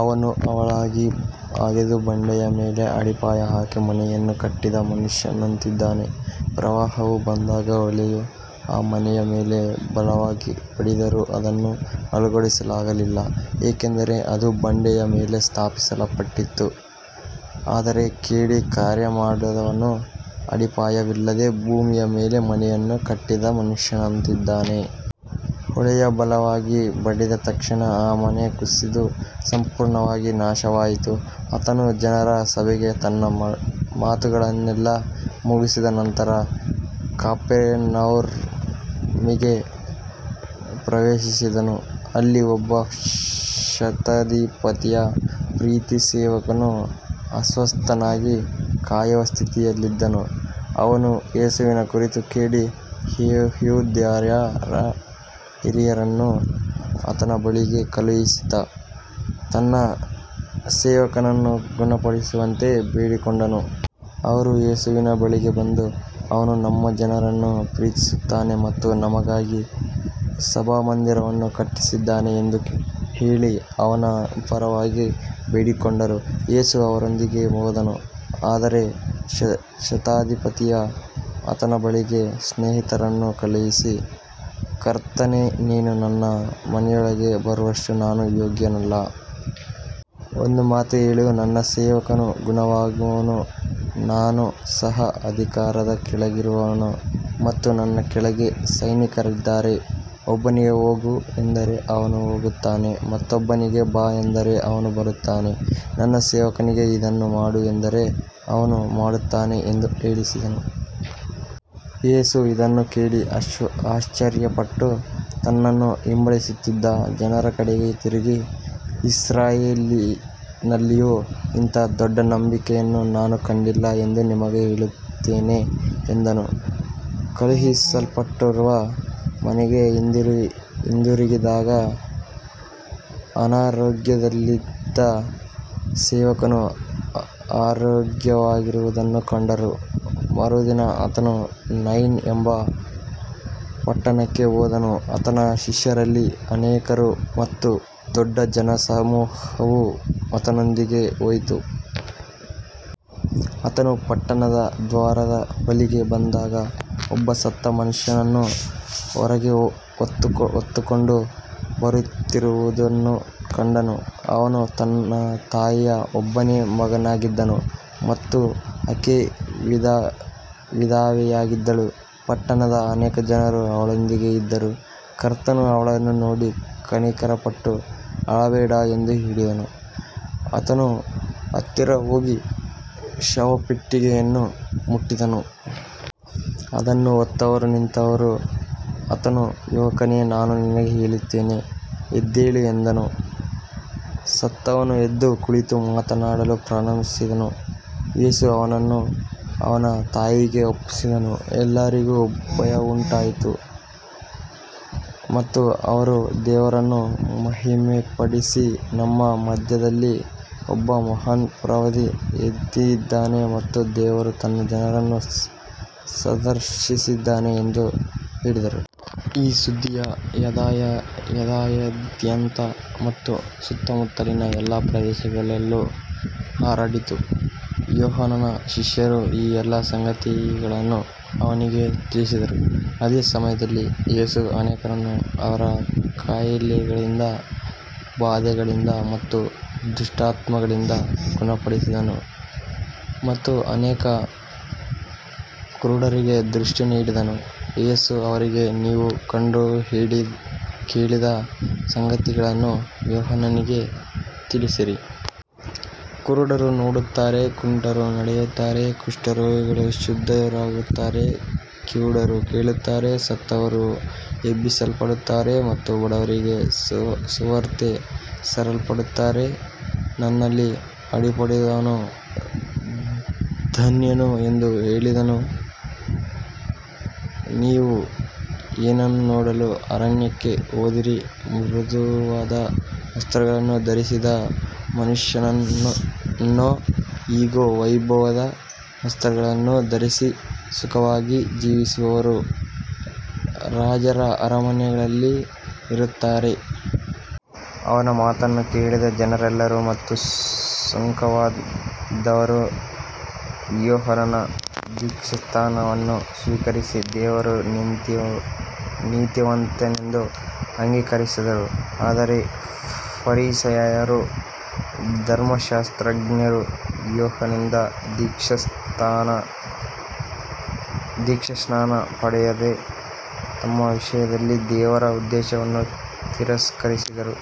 ಅವನು ಆಳವಾಗಿ ಅಗೆದು ಬಂಡೆಯ ಮೇಲೆ ಅಡಿಪಾಯ ಹಾಕಿ ಮನೆಯನ್ನು ಕಟ್ಟಿದ ಮನುಷ್ಯನಂತಿದ್ದಾನೆ. ಪ್ರವಾಹವು ಬಂದಾಗ ಹೊಳೆಯು ಆ ಮನೆಯ ಮೇಲೆ ಬಲವಾಗಿ ಬಡಿದರೂ ಅದನ್ನು ಅಲುಗಾಡಿಸಲಾಗಲಿಲ್ಲ, ಏಕೆಂದರೆ ಅದು ಬಂಡೆಯ ಮೇಲೆ ಸ್ಥಾಪಿಸಲ್ಪಟ್ಟಿತ್ತು. ಆದರೆ ಕೇಳಿ ಕಾರ್ಯಮಾಡದವನು ಅಡಿಪಾಯವಿಲ್ಲದೆ ಭೂಮಿಯ ಮೇಲೆ ಮನೆಯನ್ನು ಕಟ್ಟಿದ ಮನುಷ್ಯನಂತಿದ್ದಾನೆ. ಹೊಳೆಯು ಬಲವಾಗಿ ಬಡಿದ ತಕ್ಷಣ ಆ ಮನೆ ಕುಸಿದು ಸಂಪೂರ್ಣವಾಗಿ ನಾಶವಾಯಿತು. ಆತನು ಜನರ ಸಭೆಗೆ ತನ್ನ ಮಾತುಗಳನ್ನೆಲ್ಲ ಮುಗಿಸಿದ ನಂತರ ಕಪೆರ್ನೌಮಿಗೆ ಪ್ರವೇಶಿಸಿದನು. ಅಲ್ಲಿ ಒಬ್ಬ ಶತಾಧಿಪತಿಯ ಪ್ರಿಯ ಸೇವಕನು ಅಸ್ವಸ್ಥನಾಗಿ ಸಾಯುವ ಸ್ಥಿತಿಯಲ್ಲಿದ್ದನು. ಅವನು ಯೇಸುವಿನ ಕುರಿತು ಕೇಳಿ, ಯೆಹೂದ್ಯರ ಹಿರಿಯರನ್ನು ಆತನ ಬಳಿಗೆ ಕಳುಹಿಸಿ ತನ್ನ ಸೇವಕನನ್ನು ಗುಣಪಡಿಸುವಂತೆ ಬೇಡಿಕೊಂಡನು. ಅವರು ಯೇಸುವಿನ ಬಳಿಗೆ ಬಂದು, ಅವನು ನಮ್ಮ ಜನರನ್ನು ಪ್ರೀತಿಸುತ್ತಾನೆ ಮತ್ತು ನಮಗಾಗಿ ಸಭಾಮಂದಿರವನ್ನು ಕಟ್ಟಿಸಿದ್ದಾನೆ ಎಂದು ಹೇಳಿ ಅವನ ಪರವಾಗಿ ಬೇಡಿಕೊಂಡರು. ಯೇಸು ಅವರೊಂದಿಗೆ ಹೋದನು. ಆದರೆ ಶತಾಧಿಪತಿಯು ಆತನ ಬಳಿಗೆ ಸ್ನೇಹಿತರನ್ನು ಕಳುಹಿಸಿ, ಕರ್ತನೇ, ನೀನು ನನ್ನ ಮನೆಯೊಳಗೆ ಬರುವಷ್ಟು ನಾನು ಯೋಗ್ಯನಲ್ಲ. ಒಂದು ಮಾತು ಹೇಳು, ನನ್ನ ಸೇವಕನು ಗುಣವಾಗುವನು. ನಾನು ಸಹ ಅಧಿಕಾರದ ಕೆಳಗಿರುವವನು ಮತ್ತು ನನ್ನ ಕೆಳಗೆ ಸೈನಿಕರಿದ್ದಾರೆ. ಒಬ್ಬನಿಗೆ ಹೋಗು ಎಂದರೆ ಅವನು ಹೋಗುತ್ತಾನೆ, ಮತ್ತೊಬ್ಬನಿಗೆ ಬಾ ಎಂದರೆ ಅವನು ಬರುತ್ತಾನೆ, ನನ್ನ ಸೇವಕನಿಗೆ ಇದನ್ನು ಮಾಡು ಎಂದರೆ ಅವನು ಮಾಡುತ್ತಾನೆ ಎಂದು ಹೇಳಿಸಿದನು. ಯೇಸು ಇದನ್ನು ಕೇಳಿ ಆಶ್ಚರ್ಯಪಟ್ಟು ತನ್ನನ್ನು ಹಿಂಬಾಲಿಸುತ್ತಿದ್ದ ಜನರ ಕಡೆಗೆ ತಿರುಗಿ, ಇಸ್ರಾಯೇಲಿನಲ್ಲಿಯೂ ಇಂಥ ದೊಡ್ಡ ನಂಬಿಕೆಯನ್ನು ನಾನು ಕಂಡಿಲ್ಲ ಎಂದು ನಿಮಗೆ ಹೇಳುತ್ತೇನೆ ಎಂದನು. ಕಳುಹಿಸಲ್ಪಟ್ಟವರು ಮನೆಗೆ ಹಿಂದಿರುಗಿದಾಗ ಅನಾರೋಗ್ಯದಲ್ಲಿದ್ದ ಸೇವಕನು ಆರೋಗ್ಯವಾಗಿರುವುದನ್ನು ಕಂಡರು. ಮರುದಿನ ಆತನು ನೈನ್ ಎಂಬ ಪಟ್ಟಣಕ್ಕೆ ಹೋದನು. ಆತನ ಶಿಷ್ಯರಲ್ಲಿ ಅನೇಕರು ಮತ್ತು ದೊಡ್ಡ ಜನಸಮೂಹವು ಆತನೊಂದಿಗೆ ಹೋಯಿತು. ಆತನು ಪಟ್ಟಣದ ದ್ವಾರದ ಬಳಿಗೆ ಬಂದಾಗ, ಒಬ್ಬ ಸತ್ತ ಮನುಷ್ಯನನ್ನು ಹೊರಗೆ ಹೊತ್ತುಕೊಂಡು ಬರುತ್ತಿರುವುದನ್ನು ಕಂಡನು. ಅವನು ತನ್ನ ತಾಯಿಯ ಒಬ್ಬನೇ ಮಗನಾಗಿದ್ದನು ಮತ್ತು ಆಕೆ ವಿಧವೆಯಾಗಿದ್ದಳು. ಪಟ್ಟಣದ ಅನೇಕ ಜನರು ಅವಳೊಂದಿಗೆ ಇದ್ದರು. ಕರ್ತನು ಅವಳನ್ನು ನೋಡಿ ಕನಿಕರಪಟ್ಟು, ಅಳಬೇಡ ಎಂದು ಹೇಳಿದನು. ಆತನು ಹತ್ತಿರ ಹೋಗಿ ಶವಪೆಟ್ಟಿಗೆಯನ್ನು ಮುಟ್ಟಿದನು. ಅದನ್ನು ಹೊತ್ತವರು ನಿಂತರು. ಆತನು, ಯುವಕನೇ, ನಾನು ನಿನಗೆ ಹೇಳುತ್ತೇನೆ, ಎದ್ದೇಳು ಎಂದನು. ಸತ್ತವನು ಎದ್ದು ಕುಳಿತು ಮಾತನಾಡಲು ಪ್ರಾರಂಭಿಸಿದನು. ಯೇಸು ಅವನನ್ನು ಅವನ ತಾಯಿಗೆ ಒಪ್ಪಿಸಿದನು. ಎಲ್ಲರಿಗೂ ಭಯವುಂಟಾಯಿತು ಮತ್ತು ಅವರು ದೇವರನ್ನು ಮಹಿಮೆಪಡಿಸಿ, ನಮ್ಮ ಮಧ್ಯದಲ್ಲಿ ಒಬ್ಬ ಮಹಾನ್ ಪ್ರವಾದಿ ಎದ್ದಿದ್ದಾನೆ ಮತ್ತು ದೇವರು ತನ್ನ ಜನರನ್ನು ಸಂದರ್ಶಿಸಿದ್ದಾನೆ ಎಂದು ಹೇಳಿದರು. ಈ ಸುದ್ದಿಯು ಯೂದಾಯದಾದ್ಯಂತ ಮತ್ತು ಸುತ್ತಮುತ್ತಲಿನ ಎಲ್ಲಾ ಪ್ರದೇಶಗಳಲ್ಲೂ ಹರಡಿತು. ಯೋಹಾನನ ಶಿಷ್ಯರು ಈ ಎಲ್ಲ ಸಂಗತಿಗಳನ್ನು ಅವನಿಗೆ ತಿಳಿಸಿದರು. ಅದೇ ಸಮಯದಲ್ಲಿ ಯೇಸು ಅನೇಕರನ್ನು ಅವರ ಕಾಯಿಲೆಗಳಿಂದ, ಬಾಧೆಗಳಿಂದ ಮತ್ತು ದುಷ್ಟಾತ್ಮಗಳಿಂದ ಗುಣಪಡಿಸಿದನು ಮತ್ತು ಅನೇಕ ಕುರುಡರಿಗೆ ದೃಷ್ಟಿ ನೀಡಿದನು. ಯೇಸು ಅವರಿಗೆ, ನೀವು ಕಂಡು ಕೇಳಿದ ಸಂಗತಿಗಳನ್ನು ಯೋಹಾನನಿಗೆ ತಿಳಿಸಿರಿ. ಕುರುಡರು ನೋಡುತ್ತಾರೆ, ಕುಂಟರು ನಡೆಯುತ್ತಾರೆ, ಕುಷ್ಠರೋಗಿಗಳು ಶುದ್ಧರಾಗುತ್ತಾರೆ, ಕಿವುಡರು ಕೇಳುತ್ತಾರೆ, ಸತ್ತವರು ಎಬ್ಬಿಸಲ್ಪಡುತ್ತಾರೆ ಮತ್ತು ಬಡವರಿಗೆ ಸುವಾರ್ತೆ ಸಾರಲ್ಪಡುತ್ತದೆ. ನನ್ನಲ್ಲಿ ಅಡ್ಡಿಪಡದವನು ಧನ್ಯನು ಎಂದು ಹೇಳಿದನು. ನೀವು ಏನನ್ನು ನೋಡಲು ಅರಣ್ಯಕ್ಕೆ ಹೋದಿರಿ. ಮೃದುವಾದ ವಸ್ತ್ರಗಳನ್ನು ಧರಿಸಿದ ಮನುಷ್ಯನನ್ನೋ. ಇಗೋ, ವೈಭವದ ವಸ್ತ್ರಗಳನ್ನು ಧರಿಸಿ ಸುಖವಾಗಿ ಜೀವಿಸುವವರು ರಾಜರ ಅರಮನೆಗಳಲ್ಲಿ ಇರುತ್ತಾರೆ. ಅವನ ಮಾತನ್ನು ಕೇಳಿದ ಜನರೆಲ್ಲರೂ ಮತ್ತು ಸುಂಕದವರೂ ಯೋಹಾನನ ದೀಕ್ಷಾಸ್ನಾನವನ್ನು ಸ್ವೀಕರಿಸಿ ದೇವರು ನೀತಿವಂತನೆಂದು ಅಂಗೀಕರಿಸಿದರು. ಆದರೆ ಫರಿಸಾಯರೂ ಧರ್ಮಶಾಸ್ತ್ರಜ್ಞರೂ ಯೋಹಾನನಿಂದ ದೀಕ್ಷಾಸ್ನಾನ ಪಡೆಯದೆ ತಮ್ಮ ವಿಷಯದಲ್ಲಿ ದೇವರ ಉದ್ದೇಶವನ್ನು ತಿರಸ್ಕರಿಸಿದರು.